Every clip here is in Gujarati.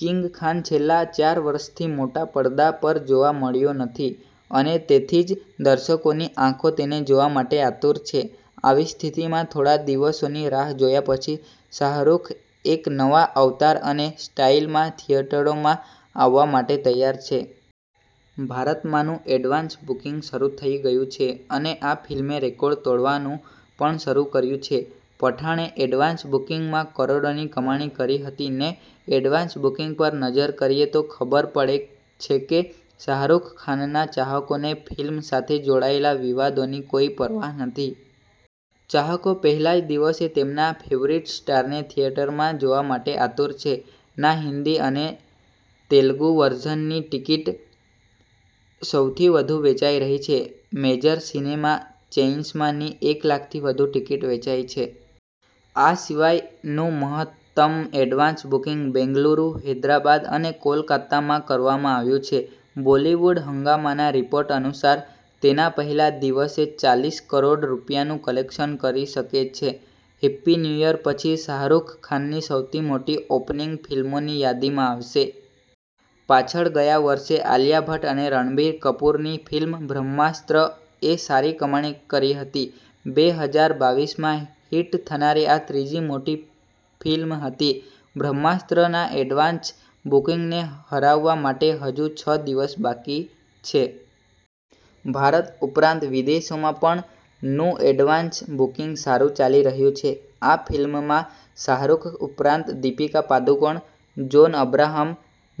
કિંગ ખાન છેલ્લા ચાર વર્ષથી મોટા પડદા પરજોવા મળ્યો નથી. અને તેથીજ દર્શકોની આંખો તેને જોવા માટે આતુર છે. આવી સ્થિતિમાં, થોડા દિવસોની રાહ જોયા પછી, શાહરૂખ એક નવા અવતાર અને સ્ટાઈલમાં થિયેટરોમાં આવવા માટે તૈયાર છે. ભારતમાં નું એડવાન્સ બુકિંગ શરૂ થઈ ગયું છે અને આ ફિલ્મે રેકોર્ડ તોડવાનું પણ શરૂ કર્યું છે. પઠાણે એડવાન્સ બુકિંગમાં કરોડોની કમાણી કરી હતી ને એડવાન્સ બુકિંગ પર નજર કરીએ તો ખબર પડે છે કે શાહરૂખ ખાનના ચાહકોને ફિલ્મ સાથે જોડાયેલા વિવાદોની કોઈ પરવા નથી. ચાહકો પહેલા જ દિવસે તેમના ફેવરિટ સ્ટારને થિયેટરમાં જોવા માટે આતુર છે. ના હિન્દી અને તેલુગુ વર્ઝનની ટિકિટ સૌથી વધુ વેચાઈ રહી છે. મેજર સિનેમા ચેઈન્સમાં ની એક લાખથી વધુ ટિકિટ વેચાઈ છે. આ સિવાય નું મહત્તમ એડવાન્સ બુકિંગ બેંગલુરુ, હૈદરાબાદ અને કોલકાતામાં કરવામાં આવ્યું છે. બોલિવૂડ હંગામાના રિપોર્ટ અનુસાર, તેના પહેલા દિવસે ચાલીસ કરોડ રૂપિયાનું કલેક્શન કરી શકે છે. હેપ્પી ન્યૂ યર પછી, શાહરૂખ ખાનની સૌથી મોટી ઓપનિંગ ફિલ્મોની યાદીમાં આવશે. પાછળ ગયા વર્ષે આલિયા ભટ્ટ અને રણબીર કપૂરની ફિલ્મ 'બ્રહ્માસ્ત્ર' એ સારી કમાણી કરી હતી. બે હજાર બાવીસમાં હિટ થનારી આ ત્રીજી મોટી ફિલ્મ હતી. 'બ્રહ્માસ્ત્ર'ના એડવાન્સ બુકિંગને હરાવવા માટે હજુ છ દિવસ બાકી છે. ભારત ઉપરાંત વિદેશોમાં પણ નું એડવાન્સ બુકિંગ સારું ચાલી રહ્યું છે. આ ફિલ્મમાં શાહરૂખ ઉપરાંત દીપિકા પાદુકોણ, જોન અબ્રાહમ,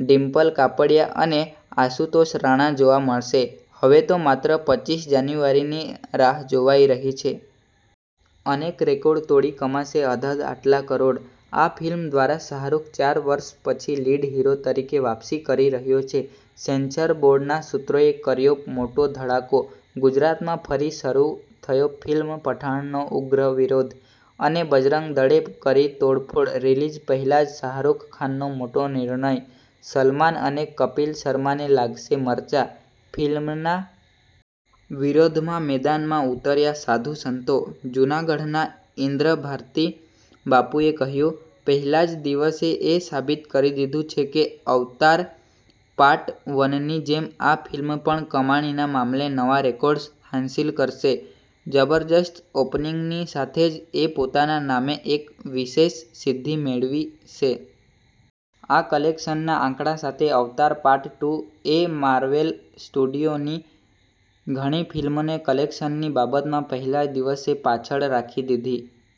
ડિમ્પલ કાપડિયા અને આશુતોષ રાણા જોવા મળશે. હવે તો માત્ર પચીસ જાન્યુઆરીની રાહ જોવાઈ રહી છે. અનેક રેકોર્ડ તોડી કમાશે અધધ આટલા કરોડ. આ ફિલ્મ દ્વારા શાહરૂખ ચાર વર્ષ પછી લીડ હીરો તરીકે વાપસી કરી રહ્યો છે. સેન્સર બોર્ડના સુત્રોએ કર્યો મોટો ધડાકો ગુજરાતમાં ફરી શરુ થયો ફિલ્મ 'પઠાણ'નો ઉગ્ર વિરોધ, અને બજરંગ દળે કરી તોડફોડ રીલીઝ પહેલા જ શાહરૂખ ખાનનો મોટો નિર્ણય, સલમાન અને કપિલ શર્માને લાગશે મરચા. ફિલ્મના વિરોધમાં મેદાનમાં ઉતર્યા સાધુ-સંતો, જૂનાગઢના ઇન્દ્રભારતી બાપુએ કહ્યું. 'પહેલા જ દિવસે એ સાબિત કરી દીધું છે કે અવતાર પાર્ટ વનની જેમ આ ફિલ્મ પણ કમાણીના મામલે નવા રેકોર્ડ્સ હાંસિલ કરશે. જબરદસ્ત ઓપનિંગની સાથે જ એ પોતાના નામે એક વિશેષ સિદ્ધિ મેળવી છે. આ કલેક્શનના આંકડા સાથે અવતાર પાર્ટ ટુ એ માર્વેલ સ્ટુડિયોની ઘણી ફિલ્મોને કલેક્શનની બાબતમાં પહેલા જ દિવસે પાછળ રાખી દીધી.'